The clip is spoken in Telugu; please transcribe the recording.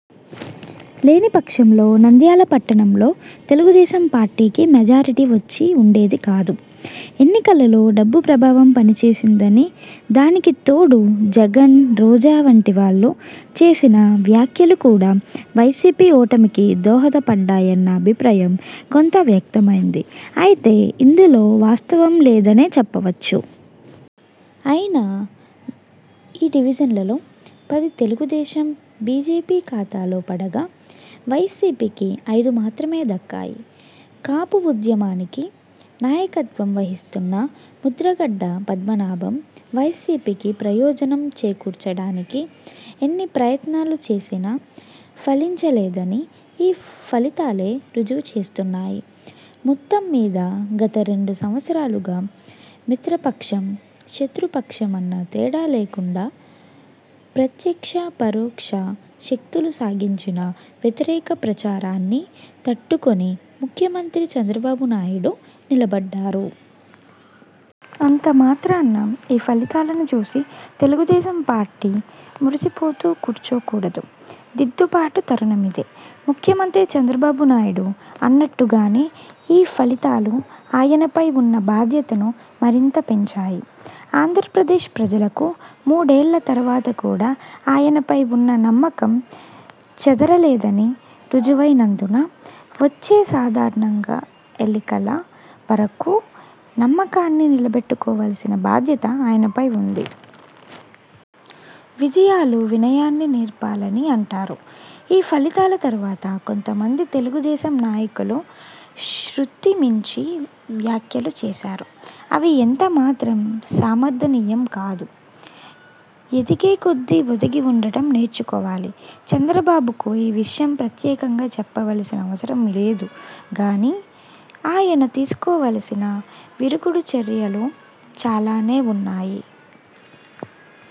లేని పక్షంలో నంద్యాల పట్టణంలో తెలుగుదేశం పార్టీకి మెజారిటీ వచ్చి ఉండేది కాదు. ఎన్నికలలో డబ్బు ప్రభావం పనిచేసిందనీ, దానికితోడు జగన్, రోజా వంటి వాళ్లు చేసిన వ్యాఖ్యలు కూడా వైసీపీ ఓటమికి దోహదపడ్డాయన్న అభిప్రాయం కొంత వ్యక్తమైంది. అయితే ఇందులో వాస్తవం లేదనే చెప్పవచ్చు. అయినా ఈ డివిజన్లలో పది తెలుగుదేశం– బీజేపీ ఖాతాలో పడగా, వైసీపీకి అయిదు మాత్రమే దక్కాయి. కాపు ఉద్యమానికి నాయకత్వం వహిస్తున్న ముద్రగడ పద్మనాభం వైసీపీకి ప్రయోజనం చేకూర్చడానికి ఎన్ని ప్రయత్నాలు చేసినా ఫలించలేదని ఈ ఫలితాలే రుజువు చేస్తున్నాయి. మొత్తంమీద గత రెండు సంవత్సరాలుగా మిత్రపక్షం– శత్రుపక్షం అన్న తేడా లేకుండా ప్రత్యక్ష– పరోక్ష శక్తులు సాగించిన వ్యతిరేక ప్రచారాన్ని తట్టుకుని ముఖ్యమంత్రి చంద్రబాబునాయుడు నిలబడ్డారు. అంత మాత్రాన ఈ ఫలితాలను చూసి తెలుగుదేశం పార్టీ మురిసిపోతూ కూర్చోకూడదు. దిద్దుబాటు తరుణమిదే! ముఖ్యమంత్రి చంద్రబాబునాయుడు అన్నట్టుగానే ఈ ఫలితాలు ఆయనపై ఉన్న బాధ్యతను మరింత పెంచాయి. ఆంధ్రప్రదేశ్ ప్రజలకు మూడేళ్ల తర్వాత కూడా ఆయనపై ఉన్న నమ్మకం చెదరలేదని రుజువైనందున వచ్చే సాధారణ ఎన్నికల వరకు ఆ నమ్మకాన్ని నిలబెట్టుకోవలసిన బాధ్యత ఆయనపై ఉంది. విజయాలు వినయాన్ని నేర్పాలని అంటారు. ఈ ఫలితాల తర్వాత కొంతమంది తెలుగుదేశం నాయకులు శ్రుతి మించిన వ్యాఖ్యలు చేశారు. అవి ఎంత మాత్రం సమర్థనీయం కాదు. ఎదిగే కొద్దీ ఒదిగి ఉండటం నేర్చుకోవాలి. చంద్రబాబుకు ఈ విషయం ప్రత్యేకంగా చెప్పవలసిన అవసరం లేదు గానీ, ఆయన తీసుకోవలసిన విరుగుడు చర్యలు చాలానే ఉన్నాయి.